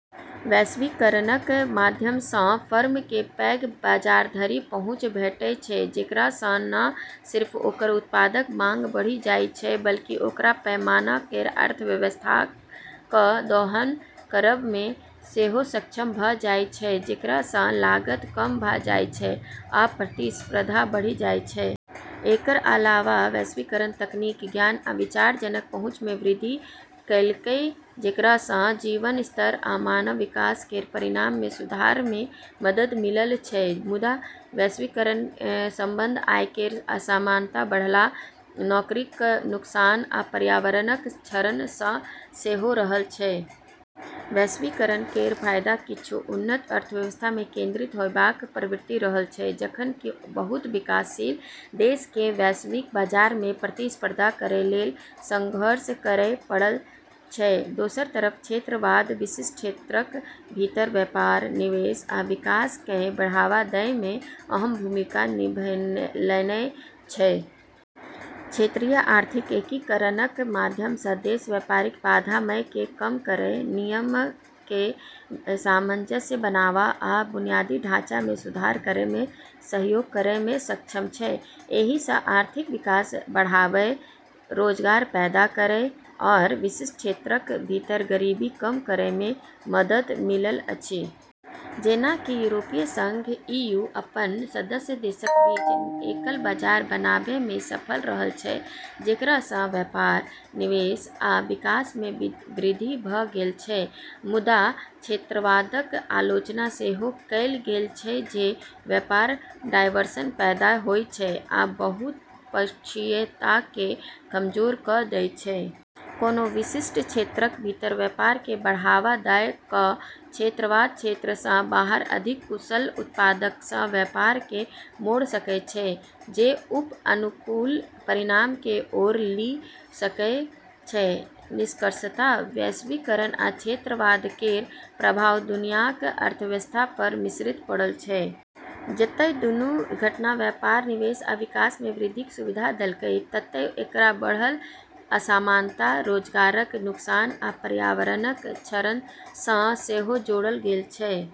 वैश्वीकरणक माध्यम सं फर्मकें पैघ बाजार धरि पहुँच भेटै छै, जेकरा सं न सिर्फ ओकर उत्पादक मांग बढ़ि जाइ छै बल्कि ओकरा पैमाना केर अर्थव्यवस्थाक दोहन करब मे सेहो सक्षम भऽ जाइ छै, जेकरा सं लागत कम भऽ जाइ छै आ प्रतिस्पर्धा बढ़ि जाइ छै। एकर अलावा वैश्वीकरण तकनीक, ज्ञान आ विचारजनक पहुँच मे वृद्धि कएलकै, जेकरा सं जीवन स्तर आ मानव विकास केर परिणाम मे सुधार मे मदद मिलल छै। मुदा वैश्वीकरण केर संबंध आय केर असमानता बढ़ला, नौकरीक नुकसान, आ पर्यावरणक क्षरण सं सेहो रहल छै। वैश्वीकरण केर फायदा किछु उन्नत अर्थव्यवस्था मे केंद्रित होयबाक प्रवृत्ति रहल छै, जखन कि बहुत विकासशील देशकें वैश्विक बाजार मे प्रतिस्पर्धा करै लेल संघर्ष करय पड़ल छै। दोसर तरफ क्षेत्रवाद विशिष्ट क्षेत्रक भीतर व्यापार, निवेश, आ विकासकें बढ़ावा दै मे अहम् भूमिका निभैलनए छै। क्षेत्रीय आर्थिक एकीकरणक माध्यम सं देश व्यापारिक बाधामय कें कम करय, नियमकें सामंजस्य बनावा, आ बुनियादी ढाँचा मे सुधार करय मे सहयोग करय मे सक्षम छै। एहि सं आर्थिक विकास बढ़ाबय, रोजगार पैदा करय आओर विशिष्ट क्षेत्रक भीतर गरीबी कम करय मे मदद मिलल अछि। जेना कि यूरोपीय संघ (ईयू) अपन सदस्य देशक बीच एकल बाजार बनाबै मे सफल रहल छै, जेकरा स व्यापार, निवेश आ विकास मे वृद्धि भऽ गेल छै। मुदा क्षेत्रवादक आलोचना सेहो कएल गेल छै जे व्यापार डायवर्सन पैदा होइ छै आ बहुपक्षीयताकें कमजोर कऽ दै छै। कोनो विशिष्ट क्षेत्रक भीतर व्यापारकें बढ़ावा दय कऽ क्षेत्रवाद क्षेत्र सं बाहर अधिक कुशल उत्पादकस व्यापारकें मोड़ सकय छै जे उप-अनुकूल परिणामकें ओर लेि सकय छै। निष्कर्षतः वैश्वीकरण आ क्षेत्रवाद केर प्रभाव दुनियाक अर्थव्यवस्था पर मिश्रित पड़ल छै। जतय दूनू घटना व्यापार, निवेश आ विकास मे वृद्धिक सुविधा देलकै, ततय एकरा बढ़ल असमानता, रोजगारक नुकसान, आ पर्यावरणक क्षरण सं सेहो जोड़ल गेल छै।